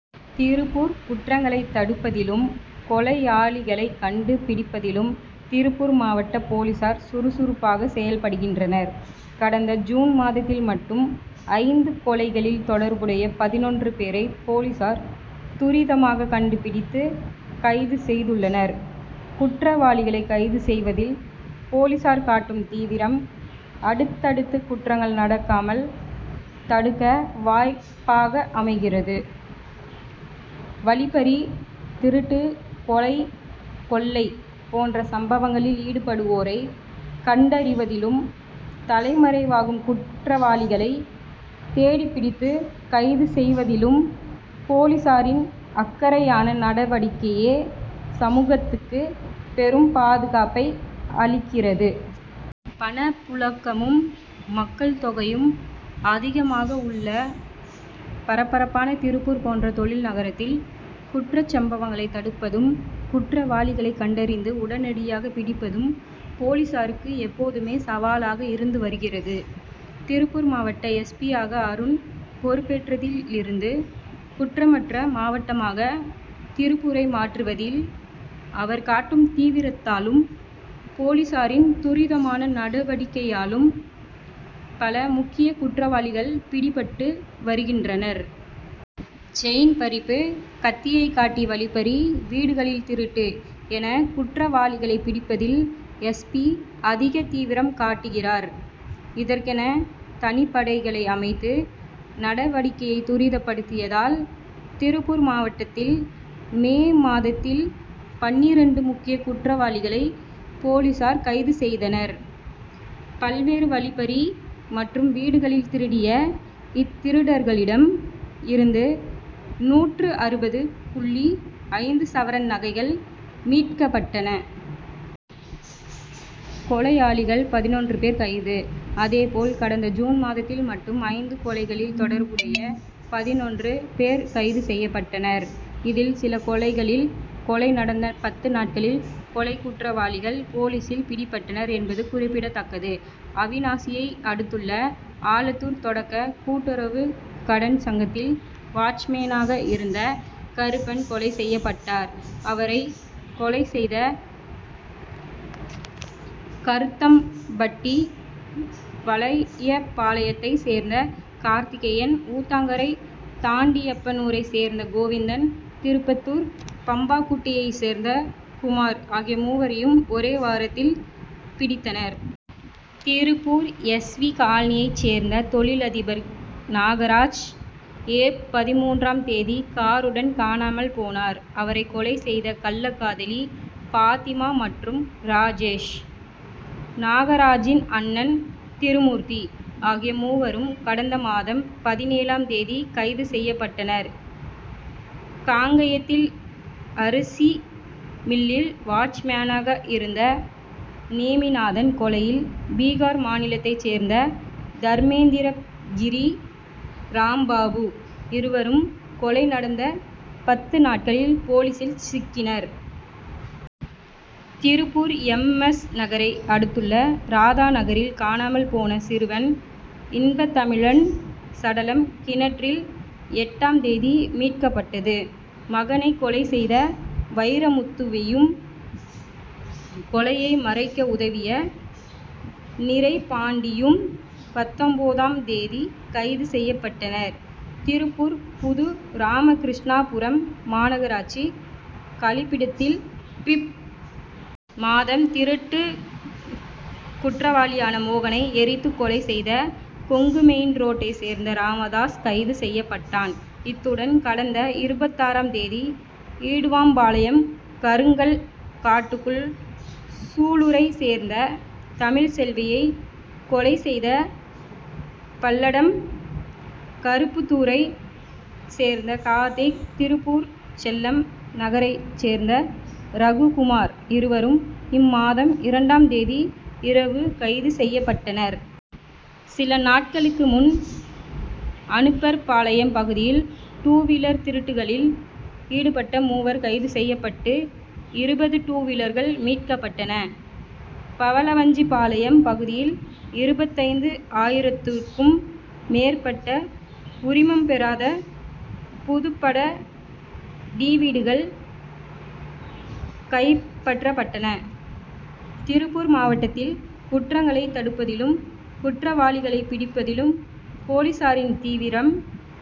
திருப்பூர் குற்றங்களை தடுப்பதிலும், கொலையாளிகளை கண்டு பிடிப்பதிலும் திருப்பூர் மாவட்ட போலீசார் சுறுசுறுப்பாக செயல்படுகின்றனர்; கடந்த ஜூன் மாதத்தில் மட்டும் ஐந்து கொலைகளில் தொடர்புடைய பதினொன்று பேரை போலீசார் துரிதமாக கண்டு பிடித்து கைது செய்துள்ளனர். குற்றவாளிகளை கைது செய்வதில் போலீசார் காட்டும் தீவிரம், அடுத் தடுத்து குற்றங்கள் நடக்காமல் தடுக்க வாய்ப்பாக அமைகிறது; வழிப்பறி, திருட்டு, கொலை, கொள்ளை போன்ற சம்பவங்களில் ஈடுபடுவோரை கண்டறிவதிலும், தலைமறைவாகும் குற்றவாளிகளை தேடிப்பிடித்து கைது செய்வதிலும் போலீசாரின் அக்கறை யான நடவடிக்கையே, சமூகத்துக்கு பெரும் பாதுகாப்பை அளிக்கிறது. பணப்புழக்கமும், மக்கள் தொகை யும் அதிகமாக உள்ள பரபரப்பான திருப்பூர் போன்ற தொழில் நகரத்தில், குற்றச்சம்பவங்களை தடுப்பதும், குற்ற வாளிகளை கண்டறிந்து உடனடியாக பிடிப்பதும் போலீசாருக்கு எப்போதுமே சவாலாகவே இருந்து வருகிறது. திருப்பூர் மாவட்ட எஸ். பி.,யாக அருண் பொறுப்பேற்றதில் இருந்து, குற்றமற்ற மாவட்டமாக திருப்பூரை மாற்றுவதில் அவர் காட்டும் தீவிரத்தாலும், போலீசாரின் துரிதமான நடவடிக்கையாலும் பல முக்கிய குற்றவாளிகள் பிடிபட்டு வருகின்றனர். செயின் பறிப்பு, கத்தியை காட்டி வழிப்பறி, வீடுகளில் திருட்டு என குற்றவாளிகளை பிடிப்பதில் எஸ். பி., அதிக தீவிரம் காட்டுகிறார்; இதற்கென தனிப்படைகளை அமைத்து, நடவடிக்கையை துரிதப்படுத்தியதால், திருப்பூர் மாவட்டத்தில் மே மாதத்தில் பன்னிரண்டு முக்கிய குற்றவாளிகளை போலீசார் கைது செய்தனர்; பல்வேறு வழிப்பறி மற்றும் வீடுகளில் திருடிய இத் திருடர்களிடம் இருந்து நூற்று அறுபது புள்ளி ஐந்து சவரன் நகைகள் மீட்கப்பட்டன. கொலையாளிகள் பதினொன்று பேர் கைது அதேபோல், கடந்த ஜூன் மாதத்தில் மட்டும் ஐந்து கொலைகளில் தொடர்புடைய பதினொன்று பேர் கைது செய்யப் பட்டனர். இதில் சில கொலைகளில், கொலை நடந்த பத்து நாட்களில் கொலைக்குற்றவாளிகள் போலீசில் பிடிபட்டனர் என்பது குறிப்பிடத் தக்கது. அவிநாசியை அடுத்துள்ள ஆலத்தூர் தொடக்க கூட்டுறவு கடன் சங்கத்தில் வாட்ச்மேனாக இருந்த கருப்பன் கொலை செய்யப்பட்டார்; அவரை கொலை செய்த கருமத்தம் பட்டி வலையபாளையத்தை சேர்ந்த கார்த்திகேயன், ஊத்தங்கரை தாண்டி யப்பனூரை சேர்ந்த கோவிந்தன், திருப்பத்தூர் பம்பாகுட்டையை சேர்ந்த குமார் ஆகிய மூவரையும், ஒரே வாரத்தில் பிடித்தனர். திருப்பூர் எஸ். வி., காலனியைச் சேர்ந்த தொழிலதிபர் நாகராஜ், ஏப்., பதின்மூன்றாம் தேதி காருடன் காணாமல் போனார். அவரை கொலை செய்த கள்ளக்காதலி பாத்திமா மற்றும் ராஜேஷ், நாகராஜின் அண்ணன் திருமூர்த்தி ஆகிய மூவரும் கடந்த மாதம் பதினேழாம் தேதி கைது செய்யப்பட்டனர். காங்கயத்தில் அரிசி மில்லில் வாட்ச்மேனாக இருந்த நேமிநாதன் கொலையில், பீகார் மாநிலத்தைச் சேர்ந்த தர்மேந்திர கிரி, ராம்பாபு இருவரும், கொலை நடந்த பத்து நாட்களில் போலீசில் சிக்கினர். திருப்பூர் எம். எஸ்., நகரை அடுத்துள்ள ராதா நகரில் காணாமல் போன சிறுவன் இன்பத்தமிழன் சடலம், கிணற்றில் எட்டாம் தேதி மீட்கப் பட்டது. மகனை கொலை செய்த வைரமுத்துவையும், கொலையை மறைக்க உதவிய நிறைபாண்டியும், பத்தொன்பதாம் தேதி கைது செய்யப்பட்டனர். திருப்பூர் புது ராமகிருஷ்ணாபுரம் மாநகராட்சி கழிப்பிடத்தில் பிப்., மாதம் திருட்டு குற்றவாளியான மோகனை எரித்துக்கொலை செய்த, கொங்கு மெயின் ரோட்டை சேர்ந்த ராமதாஸ் கைது செய்யப்பட்டான். இத்துடன் கடந்த இருபத்தாறாம் தேதி, இடுவம்பாளையம் கருங்கல் காட்டுக்குள் சூலூரை சேர்ந்த தமிழ் செல்வியை கொலை செய்த, பல்லடம் கரைப்புதூரை சேர்ந்த கார்த்திக், திருப்பூர் செல்லம் நகரைச் சேர்ந்த ரகு குமார் இருவரும் இம்மாதம் இரண்டாம் தேதி இரவு கைது செய்யப்பட்டனர். சில நாட்களுக்கு முன், அனுப்பர் பாளையம் பகுதியில் டூவீலர் திருட்டு களில் ஈடுபட்ட மூவர் கைது செய்யப் பட்டு இருபது டூவீலர்கள் மீட்கப்பட்டன; பலவஞ்சிபாளையம் பகுதியில் இருபத்தைந்து ஆயிரத்துக்கும் மேற்பட்ட உரிமம் பெறாத புதுப்பட டிவிடிக்கள் கைப்பற்றப்பட்டன. திருப்பூர் மாவட்டத்தில் குற்றங் களை தடுப்பதிலும், குற்றவாளிகளை பிடிப்பதிலும் போலீசாரின் தீவிரம்